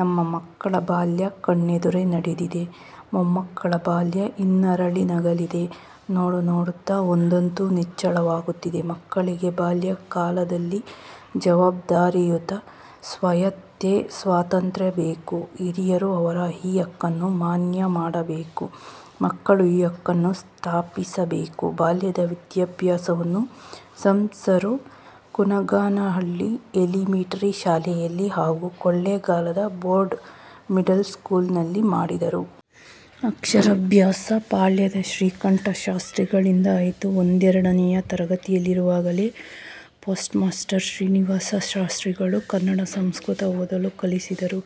ನಮ್ಮ ಮಕ್ಕಳ ಬಾಲ್ಯ ಕಣ್ಣೆದುರೆ ನಡೆದಿದೆ. ಮೊಮ್ಮಕ್ಕಳ ಬಾಲ್ಯ ಇನ್ನರಳಿ ನಗಲಿದೆ. ನೋಡುನೋಡುತ್ತಾ ಒಂದಂತೂ ನಿಚ್ಚಳವಾಗುತ್ತಿದೆ ಮಕ್ಕಳಿಗೆ ಬಾಲ್ಯಕಾಲದಲ್ಲಿ ಜವಾಬ್ದಾರಿಯುತ ಸ್ವಾಯತ್ತೆ-ಸ್ವಾತಂತ್ಯ್ರ ಬೇಕು. ಹಿರಿಯರು ಅವರ ಈ ಹಕ್ಕನ್ನು ಮಾನ್ಯಮಾಡಬೇಕು. ಮಕ್ಕಳು ಈ ಹಕ್ಕನ್ನು ಸ್ಥಾಪಿಸಬೇಕು. ಬಾಲ್ಯದ ವಿದ್ಯಾಭ್ಯಾಸವನ್ನು ಸಂಸರು ಕುನಗನಹಳ್ಳಿ ಎಲಿಮೆಂಟರಿ ಶಾಲೆಯಲ್ಲಿ ಹಾಗೂ ಕೊಳ್ಳೆಗಾಲದ ಬೋರ್ಡ ಮಿಡಲ್ಸ್ಕೂಲಿನಲ್ಲಿ ಮಾಡಿದರು. ಅಕ್ಷರಾಭ್ಯಾಸ ಪಾಳ್ಯದ ಶ್ರೀಕಂಠ ಶಾಸ್ತ್ರಿಗಳಿಂದ ಆಯಿತು. ಒಂದೆರಡನೆಯ ತರಗತಿಯಲ್ಲಿರುವಾಗಲೇ ಪೋಸ್ಟ್ಮಾಸ್ಟರ್ ಶ್ರೀನಿವಾಸ ಶಾಸ್ತ್ರಿಗಳು ಕನ್ನಡ, ಸಂಸ್ಕೃತ ಓದಲು ಕಲಿಸಿದರು.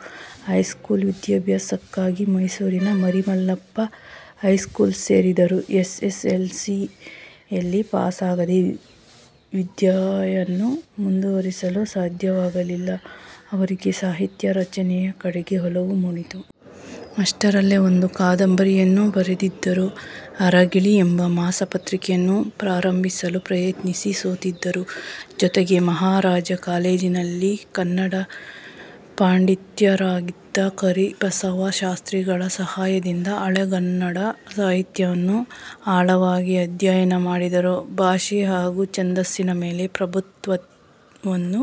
ಹೈಸ್ಕೂಲ್ವಿದ್ಯಾಭ್ಯಾಸಕ್ಕಾಗಿ ಮೈಸೂರಿನ ಮರಿಮಲ್ಲಪ್ಪ ಹೈಸ್ಕೂಲು ಸೇರಿದರು. ಎಸ್. ಎಸ್. ಎಲ್. ಸಿಯಲ್ಲಿ ಪಾಸಾಗದೇ ವಿದ್ಯೆಯನ್ನು ಮುಂದುವರಿಸಲು ಸಾಧ್ಯವಾಗಲಿಲ್ಲ. ಅವರಿಗೆ ಸಾಹಿತ್ಯ ರಚನೆಯ ಕಡೆಗೆ ಒಲವು ಮೂಡಿತ್ತು. ಅಷ್ಟರಲ್ಲೇ ಒಂದು ಕಾದಂಬರಿಯನ್ನೂ ಬರೆದಿದ್ದರು. 'ಅರಗಿಳಿ' ಎಂಬ ಮಾಸ ಪತ್ರಿಕೆಯನ್ನು ಪ್ರಾರಂಭಿಸಲು ಪ್ರಯತ್ನಿಸಿ ಸೋತಿದ್ದರು. ಜೊತೆಗೆ ಮಹಾರಾಜಾ ಕಾಲೇಜಿನಲ್ಲಿ ಕನ್ನಡ ಪಂಡಿತರಾಗಿದ್ದ ಕರಿಬಸವ ಶಾಸ್ತ್ರಿಗಳ ಸಹಾಯದಿಂದ ಹಳಗನ್ನಡ ಸಾಹಿತ್ಯವನ್ನು ಆಳವಾಗಿ ಅಧ್ಯಯನ ಮಾಡಿದರು. ಭಾಷೆ ಹಾಗೂ ಛಂದಸ್ಸಿನ ಮೇಲೆ ಪ್ರಭುತ್ವವನ್ನು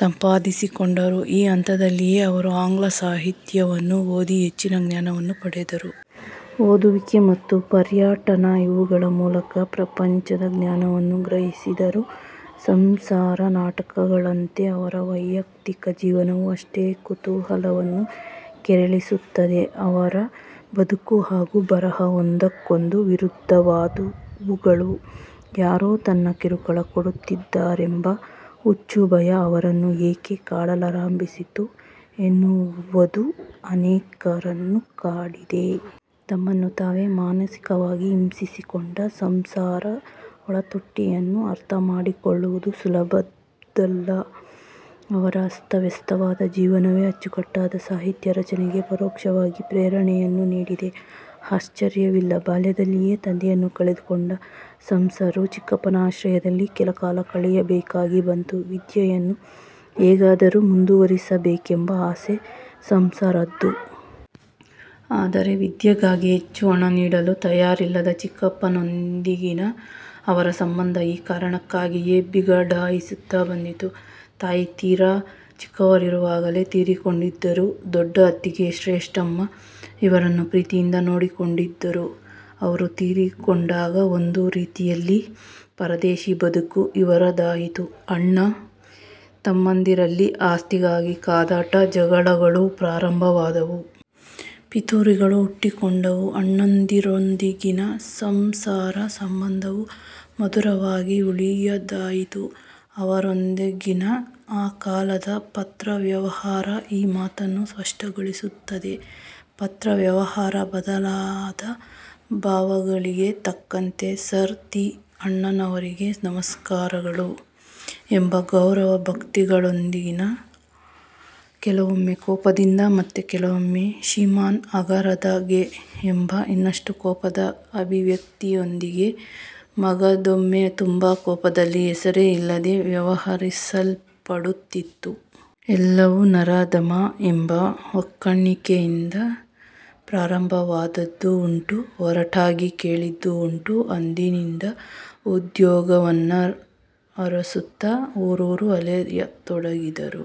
ಸಂಪಾದಿಸಿಕೊಂಡರು. ಈ ಹಂತದಲ್ಲಿಯೇ ಅವರು ಆಂಗ್ಲ ಸಾಹಿತ್ಯವನ್ನೂ ಓದಿ ಹೆಚ್ಚಿನ ಜ್ಞಾನವನ್ನು ಪಡೆದರು. ಓದುವಿಕೆ ಮತ್ತು ಪರ್ಯಟನ ಇವುಗಳ ಮೂಲಕ ಪ್ರಪಂಚ ಜ್ಞಾನವನ್ನು ಗ್ರಹಿಸಿದರು. ಸಂಸರ ನಾಟಕಗಳಂತೆ ಅವರ ವೈಯಕ್ತಿಕ ಜೀವನವೂ ಅಷ್ಟೇ ಕುತೂಹಲವನ್ನು ಕೆರಳಿಸುತ್ತದೆ. ಅವರ ಬದುಕು ಹಾಗೂ ಬರಹ ಒಂದಕ್ಕೊಂದು ವಿರುದ್ಧವಾದವುಗಳು. ಯಾರೋ ತನಗೆ ಕಿರುಕುಳ ಕೊಡುತ್ತಿದ್ದಾರೆಂಬ ಹುಚ್ಚುಭಯ ಅವರನ್ನು ಏಕೆ ಕಾಡಲಾರಂಭಿಸಿತು ಎನ್ನುವದು ಅನೇಕರನ್ನು ಕಾಡಿದೆ. ತಮ್ಮನ್ನು ತಾವೇ ಮಾನಸಿಕವಾಗಿ ಹಿಂಸಿಸಿಕೊಂಡ ಸಂಸರ ಒಳತೋಟಿಯನ್ನು ಅರ್ಥ ಮಾಡಿಕೊಳ್ಳುವುದು ಸುಲಭದ್ದಲ್ಲ. ಅವರ ಅಸ್ತವ್ಯಸ್ತವಾದ ಜೀವನವೇ ಅಚ್ಚುಕಟ್ಟಾದ ಸಾಹಿತ್ಯ ರಚನೆಗೆ ಪರೋಕ್ಷವಾಗಿ ಪ್ರೇರಣೆಯನ್ನು ನೀಡಿದ್ದರೆ ಆಶ್ಚರ್ಯವಿಲ್ಲ. ಬಾಲ್ಯದಲ್ಲಿಯೇ ತಂದೆಯನ್ನು ಕಳೆದುಕೊಂಡ ಸಂಸರು ಚಿಕ್ಕಪ್ಪನ ಆಶ್ರಯದಲ್ಲಿ ಕೆಲಕಾಲ ಕಳೆಯಬೇಕಾಗಿ ಬಂತು. ವಿದ್ಯೆಯನ್ನು ಹೇಗಾದರೂ ಮುಂದುವರೆಸಬೇಕೆಂಬ ಆಸೆ ಸಂಸರದ್ದು. ಆದರೆ ವಿದ್ಯೆಗಾಗಿ ಹೆಚ್ಚು ಹಣನೀಡಲು ತಯಾರಿಲ್ಲದ ಚಿಕ್ಕಪ್ಪನೊಂದಿಗಿನ ಅವರ ಸಂಬಂಧ ಈ ಕಾರಣಕ್ಕಾಗಿಯೇ ಬಿಗಡಾಯಿಸುತ್ತ ಬಂದಿತು. ತಾಯಿ ತೀರಾ ಚಿಕ್ಕವರಿರುವಾಗಲೇ ತೀರಿಕೊಂಡಿದ್ದರೂ ದೊಡ್ಡ ಅತ್ತಿಗೆ ಶೇಷಮ್ಮ ಇವರನ್ನು ಪ್ರೀತಿಯಿಂದ ನೋಡಿಕೊಂಡಿದ್ದರು. ಅವರು ತೀರಿಕೊಂಡಾಗ ಒಂದು ರೀತಿಯಲ್ಲಿ ಪರದೇಶಿ ಬದುಕು ಇವರದಾಯಿತು. ಅಣ್ಣ ತಮ್ಮಂದಿರಲ್ಲಿ ಆಸ್ತಿಗಾಗಿ ಕಾದಾಟ ಜಗಳಗಳೂ ಪ್ರಾರಂಭವಾದವು. ಪಿತೂರಿಗಳು ಹುಟ್ಟಿಕೊಂಡವು. ಅಣ್ಣಂದಿರೊಂದಿಗಿನ ಸಂಸರ ಸಂಬಂಧವು ಮಧುರವಾಗಿ ಉಳಿಯದಾಯಿತು. ಅವರೊಂದಿಗಿನ ಆ ಕಾಲದ ಪತ್ರವ್ಯವಹಾರ ಈ ಮಾತನ್ನು ಸ್ಪಷ್ಟಗೊಳಿಸುತ್ತದೆ. ಪತ್ರ ವ್ಯವಹಾರ ಬದಲಾದ ಭಾವಗಳಿಗೆ ತಕ್ಕಂತೆ ಸರ್, ತಿ ಅಣ್ಣನವರಿಗೆ ನಮಸ್ಕಾರಗಳು ಎಂಬ ಗೌರವ ಭಕ್ತಿಗಳೊಂದಿಗಿನ ಕೆಲವೊಮ್ಮೆ ಕೋಪದಿಂದ, ಮತ್ತೆ ಕೆಲವೊಮ್ಮೆ 'ಶ್ರೀಮಾನ್ಅಗರದ ಗೆ' ಎಂಬ ಇನ್ನಷ್ಟು ಕೋಪದ ಅಭಿವ್ಯಕ್ತಿಯೊಂದಿಗೆ, ಮಗದೊಮ್ಮೆ ತುಂಬ ಕೋಪದಲ್ಲಿ ಹೆಸರೇ ಇಲ್ಲದೆ ವ್ಯವಹರಿಸಲ್ಪಡುತ್ತಿತ್ತು. 'ಎಲವೋ ನರಾಧಮಾ' ಎಂಬ ಒಕ್ಕಣಿಕೆಯಿಂದ ಪ್ರಾರಂಭವಾದದ್ದೂ ಉಂಟು. ಒರಟಾಗಿ ಕೇಳಿದ್ದೂ ಉಂಟು. ಅಂದಿನಿಂದ ಉದ್ಯೋಗವನ್ನರಸುತ್ತ ಊರೂರು ಅಲೆಯತೊಡಗಿದರು.